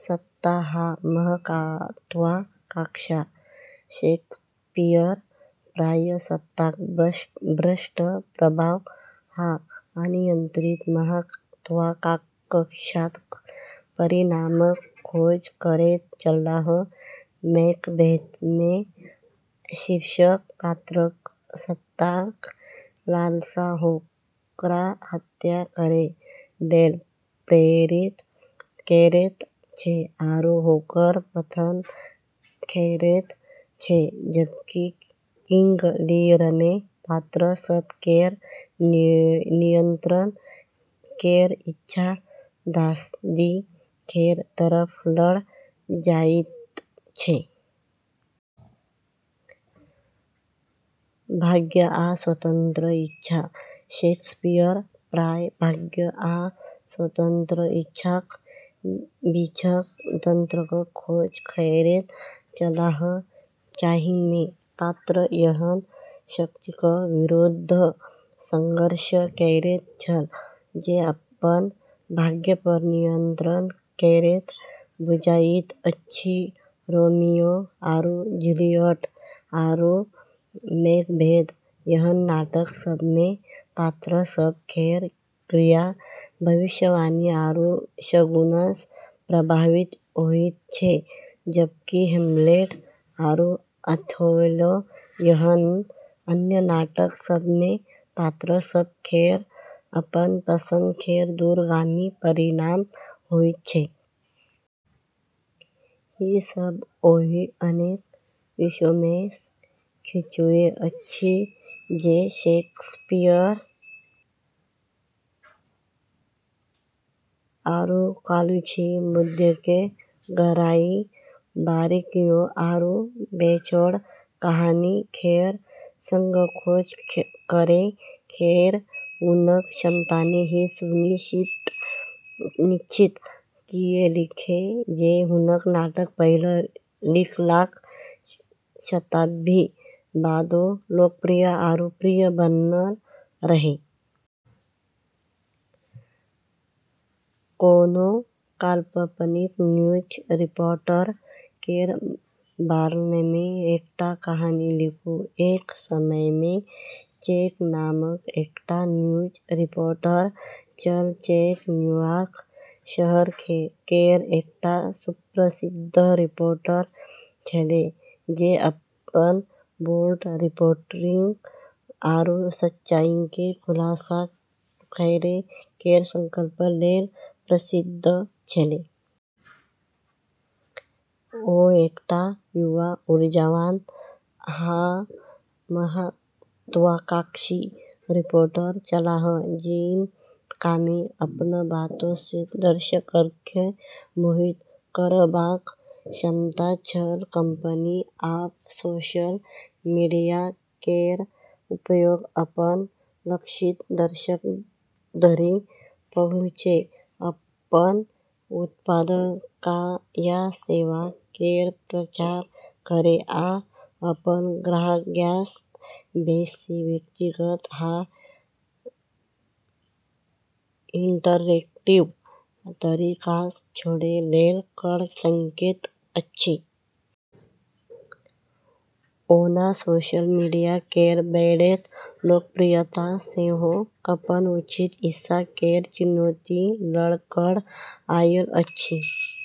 सत्ता आ महत्वाकांक्षा: शेक्सपियर प्रायः सत्ताक भ्रष्ट प्रभाव आ अनियंत्रित महत्वाकांक्षाक परिणामक खोज करैत छलाह। मैकबेथमे शीर्षक पात्रकेँ सत्ताक लालसा ओकरा हत्या करै लेल प्रेरित करैत छै आरू ओकर पतन करैत छै, जबकि किंग लीयरमे पात्र सभ केर नियंत्रण केर इच्छा त्रासदी केर तरफ लऽ जाइत छै। भाग्य आ स्वतन्त्र इच्छा: शेक्सपियर प्रायः भाग्य आ स्वतन्त्र इच्छाक बीचक द्वंद्वक खोज करैत छलाह, जाहिमे पात्र एहन शक्तिक विरुद्ध संघर्ष करैत छल जे अपन भाग्यपर नियंत्रण करैत बुझाइत अछि। रोमियो आरू जूलियट आरू मैकबेथ एहन नाटक सभमे पात्र सभ केर क्रिया भविष्यवाणी आरू शगुनसँ प्रभावित होइत छै, जबकि हैमलेट आरू ओथेलो एहन अन्य नाटक सभमे पात्र सभ केर अपन पसंद केर दूरगामी परिणाम होइत छै। ई सब ओहि अनेक विषयमेसँ किछुए अछि जे शेक्सपियरक पूरा रचनामे चलैत अछि। जटिल आरू कालजयी मुद्दाकेँ गहराई, बारीकियों, आरू बेजोड़ कहानी केर संग खोज करै केर हुनक क्षमताने ई सुनिश्चित कएलकै जे हुनक नाटक पहिल लिखलाक शताब्दी बादो लोकप्रिय आरू प्रिय बनल रहै। कोनो काल्पनिक न्यूज रिपोर्टर केर बारेमे एकटा कहानी लिखू। एक समयमे जैक नामक एकटा न्यूज रिपोर्टर छल। जैक न्यूयॉर्क शहर केर एकटा सुप्रसिद्ध रिपोर्टर छेलै, जे अपन बोल्ड रिपोर्टिंग आरू सच्चाईकेँ खुलासा करै केर संकल्प लेल प्रसिद्ध छेलै। ओ एकटा युवा, ऊर्जावान, आ महत्वाकांक्षी रिपोर्टर छलाह जिनकामे अपन बातसँ दर्शककेँ मोहित करबाक क्षमता छल। कंपनी आब सोशल मीडिया केर उपयोग अपन लक्षित दर्शक धरि पहुँचै, अपन उत्पाद या सेवा केर प्रचार करै, आ अपन ग्राहकसँ बेसी व्यक्तिगत आ इंटरैक्टिव तरीकासँ जुड़ै लेल कऽ सकैत अछि। ओना सोशल मीडिया केर बढ़ैत लोकप्रियता सेहो अपन उचित हिस्सा केर चुनौती लऽ कऽ आयल अछि।